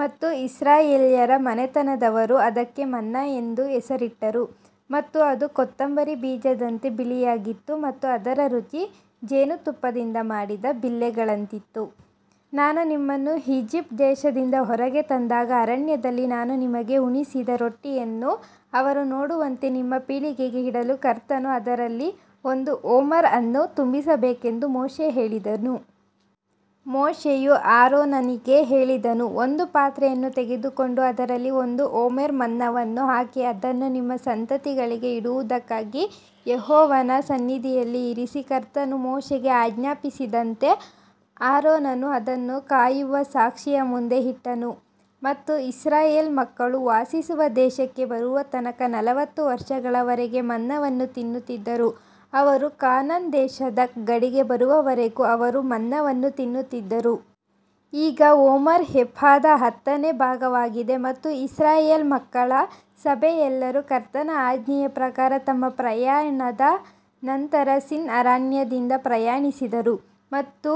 ಮತ್ತು ಇಸ್ರಾಯೇಲ್ಯರ ಮನೆತನದವರು ಅದಕ್ಕೆ ಮನ್ನಾ ಎಂದು ಹೆಸರಿಟ್ಟರು ಮತ್ತು ಅದು ಕೊತ್ತಂಬರಿ ಬೀಜದಂತೆ ಬಿಳಿಯಾಗಿತ್ತು ಮತ್ತು ಅದರ ರುಚಿ ಜೇನುತುಪ್ಪದಿಂದ ಮಾಡಿದ ಬಿಲ್ಲೆಗಳಂತಿತ್ತು. ನಾನು ನಿಮ್ಮನ್ನು ಈಜಿಪ್ಟ್ ದೇಶದಿಂದ ಹೊರಗೆ ತಂದಾಗ ಅರಣ್ಯದಲ್ಲಿ ನಾನು ನಿಮಗೆ ಉಣಿಸಿದ ರೊಟ್ಟಿಯನ್ನು ಅವರು ನೋಡುವಂತೆ ನಿಮ್ಮ ಪೀಳಿಗೆಗೆ ಇಡಲು ಕರ್ತನು ಅದರಲ್ಲಿ ಒಂದು ಓಮರ್ ಅನ್ನು ತುಂಬಿಸಬೇಕೆಂದು ಮೋಶೆ ಹೇಳಿದನು. ಮೋಶೆಯು ಆರೋನನಿಗೆ ಹೇಳಿದನು, ಒಂದು ಪಾತ್ರೆಯನ್ನು ತೆಗೆದುಕೊಂಡು ಅದರಲ್ಲಿ ಒಂದು ಓಮೆರ್ ಮನ್ನವನ್ನು ಹಾಕಿ ಅದನ್ನು ನಿಮ್ಮ ಸಂತತಿಗಳಿಗೆ ಇಡುವುದಕ್ಕಾಗಿ ಯೆಹೋವನ ಸನ್ನಿಧಿಯಲ್ಲಿ ಇರಿಸಿ. ಕರ್ತನು ಮೋಶೆಗೆ ಆಜ್ಞಾಪಿಸಿದಂತೆ ಆರೋನನು ಅದನ್ನು ಕಾಯುವ ಸಾಕ್ಷಿಯ ಮುಂದೆ ಇಟ್ಟನು ಮತ್ತು ಇಸ್ರಾಯೇಲ್ ಮಕ್ಕಳು ವಾಸಿಸುವ ದೇಶಕ್ಕೆ ಬರುವ ತನಕ ನಲವತ್ತು ವರ್ಷಗಳವರೆಗೆ ಮನ್ನವನ್ನು ತಿನ್ನುತ್ತಿದ್ದರು ಅವರು ಕಾನಾನ್ ದೇಶದ ಗಡಿಗೆ ಬರುವವರೆಗೂ ಅವರು ಮನ್ನವನ್ನು ತಿನ್ನುತ್ತಿದ್ದರು. ಈಗ ಓಮರ್ ಎಫಾದ ಹತ್ತನೇ ಭಾಗವಾಗಿದೆ ಮತ್ತು ಇಸ್ರಾಯೇಲ್ ಮಕ್ಕಳ ಸಭೆಯೆಲ್ಲರು ಕರ್ತನ ಆಜ್ಞೆಯ ಪ್ರಕಾರ ತಮ್ಮ ಪ್ರಯಾಣದ ನಂತರ ಸಿನ್ ಅರಣ್ಯದಿಂದ ಪ್ರಯಾಣಿಸಿದರು ಮತ್ತು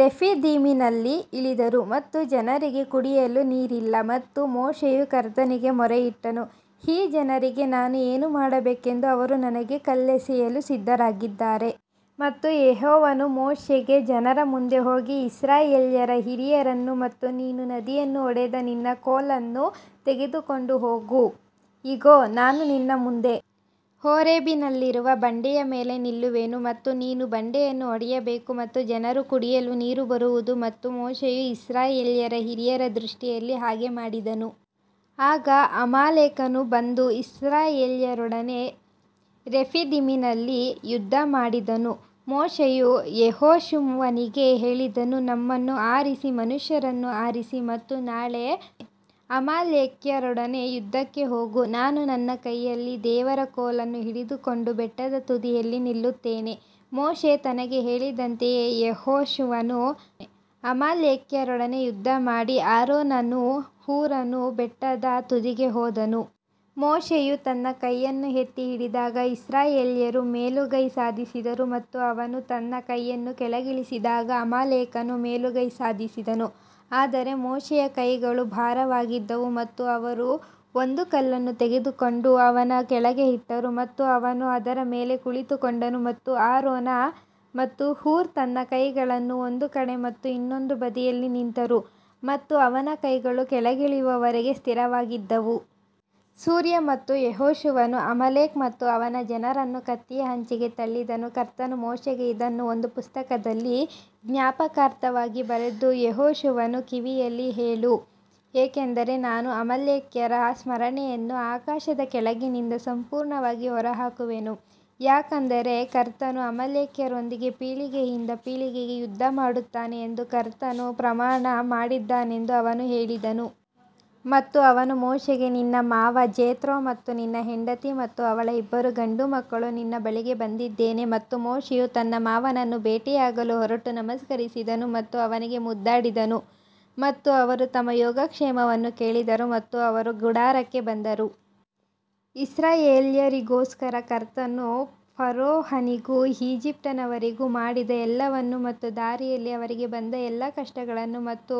ರೆಫಿದೀಮಿನಲ್ಲಿ ಇಳಿದರು ಮತ್ತು ಜನರಿಗೆ ಕುಡಿಯಲು ನೀರಿಲ್ಲ. ಮತ್ತು ಮೋಶೆಯು ಕರ್ತನಿಗೆ ಮೊರೆಯಿಟ್ಟನು, ಈ ಜನರಿಗೆ ನಾನು ಏನು ಮಾಡಬೇಕೆಂದು ಅವರು ನನಗೆ ಕಲ್ಲೆಸೆಯಲು ಸಿದ್ಧರಾಗಿದ್ದಾರೆ. ಮತ್ತು ಯೆಹೋವನು ಮೋಶೆಗೆ ಜನರ ಮುಂದೆ ಹೋಗಿ ಇಸ್ರಾಯೇಲ್ಯರ ಹಿರಿಯರನ್ನು ಮತ್ತು ನೀನು ನದಿಯನ್ನು ಹೊಡೆದ ನಿನ್ನ ಕೋಲನ್ನು ತೆಗೆದುಕೊಂಡು ಹೋಗು. ಇಗೋ, ನಾನು ನಿನ್ನ ಮುಂದೆ ಹೋರೇಬಿನಲ್ಲಿರುವ ಬಂಡೆಯ ಮೇಲೆ ನಿಲ್ಲುವೆನು ಮತ್ತು ನೀನು ಬಂಡೆಯನ್ನು ಹೊಡೆಯಬೇಕು ಮತ್ತು ಜನರು ಕುಡಿಯಲು ನೀರು ಬರುವುದು ಮತ್ತು ಮೋಶೆಯು ಇಸ್ರಾಯೇಲ್ಯರ ಹಿರಿಯರ ದೃಷ್ಟಿಯಲ್ಲಿ ಹಾಗೆ ಮಾಡಿದನು. ಆಗ ಅಮಾಲೇಕನು ಬಂದು ಇಸ್ರಾಯೇಲ್ಯರೊಡನೆ ರೆಫಿದಿಮಿನಲ್ಲಿ ಯುದ್ಧಮಾಡಿದನು ಮೋಶೆಯು ಯೆಹೋಶುವನಿಗೆ ಹೇಳಿದನು, ನಮ್ಮನ್ನು ಆರಿಸಿ ಮನುಷ್ಯರನ್ನು ಆರಿಸಿ ಮತ್ತು ನಾಳೆ ಅಮಾಲೇಕ್ಯರೊಡನೆ ಯುದ್ಧಕ್ಕೆ ಹೋಗು, ನಾನು ನನ್ನ ಕೈಯಲ್ಲಿ ದೇವರ ಕೋಲನ್ನು ಹಿಡಿದುಕೊಂಡು ಬೆಟ್ಟದ ತುದಿಯಲ್ಲಿ ನಿಲ್ಲುತ್ತೇನೆ. ಮೋಶೆ ತನಗೆ ಹೇಳಿದಂತೆಯೇ ಯೆಹೋಶುವನು ಅಮಾಲೇಕ್ಯರೊಡನೆ ಯುದ್ಧಮಾಡಿ ಆರೋನನೂ ಹೂರನೂ ಬೆಟ್ಟದ ತುದಿಗೆ ಹೋದನು. ಮೋಶೆಯು ತನ್ನ ಕೈಯನ್ನು ಎತ್ತಿ ಹಿಡಿದಾಗ ಇಸ್ರಾಯೇಲ್ಯರು ಮೇಲುಗೈ ಸಾಧಿಸಿದರು ಮತ್ತು ಅವನು ತನ್ನ ಕೈಯನ್ನು ಕೆಳಗಿಳಿಸಿದಾಗ ಅಮಾಲೇಕನು ಮೇಲುಗೈ ಸಾಧಿಸಿದನು. ಆದರೆ ಮೋಶೆಯ ಕೈಗಳು ಭಾರವಾಗಿದ್ದವು ಮತ್ತು ಅವರು ಒಂದು ಕಲ್ಲನ್ನು ತೆಗೆದುಕೊಂಡು ಅವನ ಕೆಳಗೆ ಇಟ್ಟರು ಮತ್ತು ಅವನು ಅದರ ಮೇಲೆ ಕುಳಿತುಕೊಂಡನು ಮತ್ತು ಆರೋನ ಮತ್ತು ಹೂರ್ ತನ್ನ ಕೈಗಳನ್ನು ಒಂದು ಕಡೆ ಮತ್ತು ಇನ್ನೊಂದು ಬದಿಯಲ್ಲಿ ನಿಂತರು ಮತ್ತು ಅವನ ಕೈಗಳು ಕೆಳಗಿಳಿಯುವವರೆಗೂ ಸ್ಥಿರವಾಗಿದ್ದವು. ಸೂರ್ಯ ಮತ್ತು ಯೆಹೋಶುವನು ಅಮಾಲೇಕ್ ಮತ್ತು ಅವನ ಜನರನ್ನು ಕತ್ತಿಯ ಅಂಚಿಗೆ ತಳ್ಳಿದನು ಕರ್ತನು ಮೋಶೆಗೆ ಇದನ್ನು ಒಂದು ಪುಸ್ತಕದಲ್ಲಿ ಜ್ಞಾಪಕಾರ್ಥವಾಗಿ ಬರೆದು ಯೆಹೋಶುವನ ಕಿವಿಯಲ್ಲಿ ಹೇಳು, ಏಕೆಂದರೆ ನಾನು ಅಮಾಲೇಕ್ಯರ ಸ್ಮರಣೆಯನ್ನು ಆಕಾಶದ ಕೆಳಗಿನಿಂದ ಸಂಪೂರ್ಣವಾಗಿ ಹೊರಹಾಕುವೆನು. ಯಾಕಂದರೆ ಕರ್ತನು ಅಮಾಲೇಕ್ಯರೊಂದಿಗೆ ಪೀಳಿಗೆಯಿಂದ ಪೀಳಿಗೆಗೆ ಯುದ್ಧ ಮಾಡುತ್ತಾನೆ ಎಂದು ಕರ್ತನು ಪ್ರಮಾಣ ಮಾಡಿದ್ದಾನೆಂದು ಅವನು ಹೇಳಿದನು. ಮತ್ತು ಅವನು ಮೋಶೆಗೆ ನಿನ್ನ ಮಾವ ಜೆತ್ರೋ ಮತ್ತು ನಿನ್ನ ಹೆಂಡತಿ ಮತ್ತು ಅವಳ ಇಬ್ಬರು ಗಂಡುಮಕ್ಕಳು ನಿನ್ನ ಬಳಿಗೆ ಬಂದಿದ್ದೇನೆ. ಮತ್ತು ಮೋಶೆಯು ತನ್ನ ಮಾವನನ್ನು ಭೇಟಿಯಾಗಲು ಹೊರಟು ನಮಸ್ಕರಿಸಿದನು ಮತ್ತು ಅವನಿಗೆ ಮುದ್ದಾಡಿದನು ಮತ್ತು ಅವರು ತಮ್ಮ ಯೋಗಕ್ಷೇಮವನ್ನು ಕೇಳಿದರು ಮತ್ತು ಅವರು ಗುಡಾರಕ್ಕೆ ಬಂದರು. ಇಸ್ರಾಯೇಲ್ಯರಿಗೋಸ್ಕರ ಕರ್ತನು ಫರೋಹನಿಗೂ ಈಜಿಪ್ಟಿನವರಿಗೂ ಮಾಡಿದ ಎಲ್ಲವನ್ನೂ ಮತ್ತು ದಾರಿಯಲ್ಲಿ ಅವರಿಗೆ ಬಂದ ಎಲ್ಲಾ ಕಷ್ಟಗಳನ್ನು ಮತ್ತು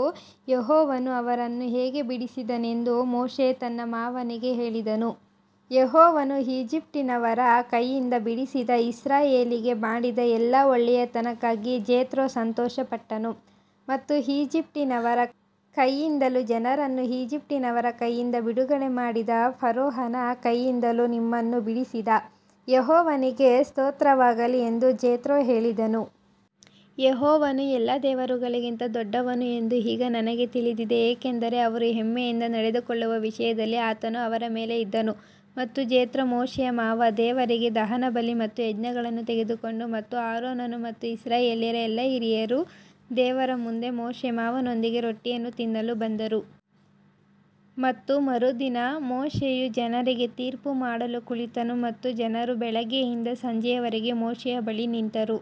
ಯೆಹೋವನು ಅವರನ್ನು ಹೇಗೆ ಬಿಡಿಸಿದನೆಂದು ಮೋಶೆ ತನ್ನ ಮಾವನಿಗೆ ಹೇಳಿದನು. ಯೆಹೋವನು ಈಜಿಪ್ಟಿನವರ ಕೈಯಿಂದ ಬಿಡಿಸಿದ ಇಸ್ರಾಯೇಲಿಗೆ ಮಾಡಿದ ಎಲ್ಲಾ ಒಳ್ಳೆಯತನಕ್ಕಾಗಿ ಜೆತ್ರೋ ಸಂತೋಷಪಟ್ಟನು. ಮತ್ತು ಈಜಿಪ್ಟಿನವರ ಕೈಯಿಂದಲೂ ಜನರನ್ನು ಈಜಿಪ್ಟಿನವರ ಕೈಯಿಂದ ಬಿಡುಗಡೆ ಮಾಡಿದ ಫರೋಹನ ಕೈಯಿಂದಲೂ ನಿಮ್ಮನ್ನು ಬಿಡಿಸಿದ ಯೆಹೋವನಿಗೆ ಸ್ತೋತ್ರವಾಗಲಿ ಎಂದು ಜೆತ್ರೋ ಹೇಳಿದನು. ಯೆಹೋವನು ಎಲ್ಲಾ ದೇವರುಗಳಿಗಿಂತ ದೊಡ್ಡವನು ಎಂದು ಈಗ ನನಗೆ ತಿಳಿದಿದೆ ಏಕೆಂದರೆ ಅವರು ಹೆಮ್ಮೆಯಿಂದ ನಡೆದುಕೊಳ್ಳುವ ವಿಷಯದಲ್ಲಿ ಆತನು ಅವರ ಮೇಲೆ ಇದ್ದನು. ಮತ್ತು ಜೆತ್ರೋ ಮೋಶೆಯ ಮಾವ ದೇವರಿಗೆ ದಹನಬಲಿ ಮತ್ತು ಯಜ್ಞಗಳನ್ನು ತೆಗೆದುಕೊಂಡರು ಮತ್ತು ಆರೋನನು ಮತ್ತು ಇಸ್ರಾಯೇಲ್ಯರ ಎಲ್ಲಾ ಹಿರಿಯರು ದೇವರ ಮುಂದೆ ಮೋಶೆ ಮಾವನೊಂದಿಗೆ ರೊಟ್ಟಿಯನ್ನು ತಿನ್ನಲು ಬಂದರು. ಮತ್ತು ಮರುದಿನ ಮೋಶೆಯು ಜನರಿಗೆ ತೀರ್ಪುಮಾಡಲು ಕುಳಿತನು ಮತ್ತು ಜನರು ಬೆಳಿಗ್ಗೆಯಿಂದ ಸಂಜೆಯವರೆಗೆ ಮೋಶೆಯ ಬಳಿ ನಿಂತರು.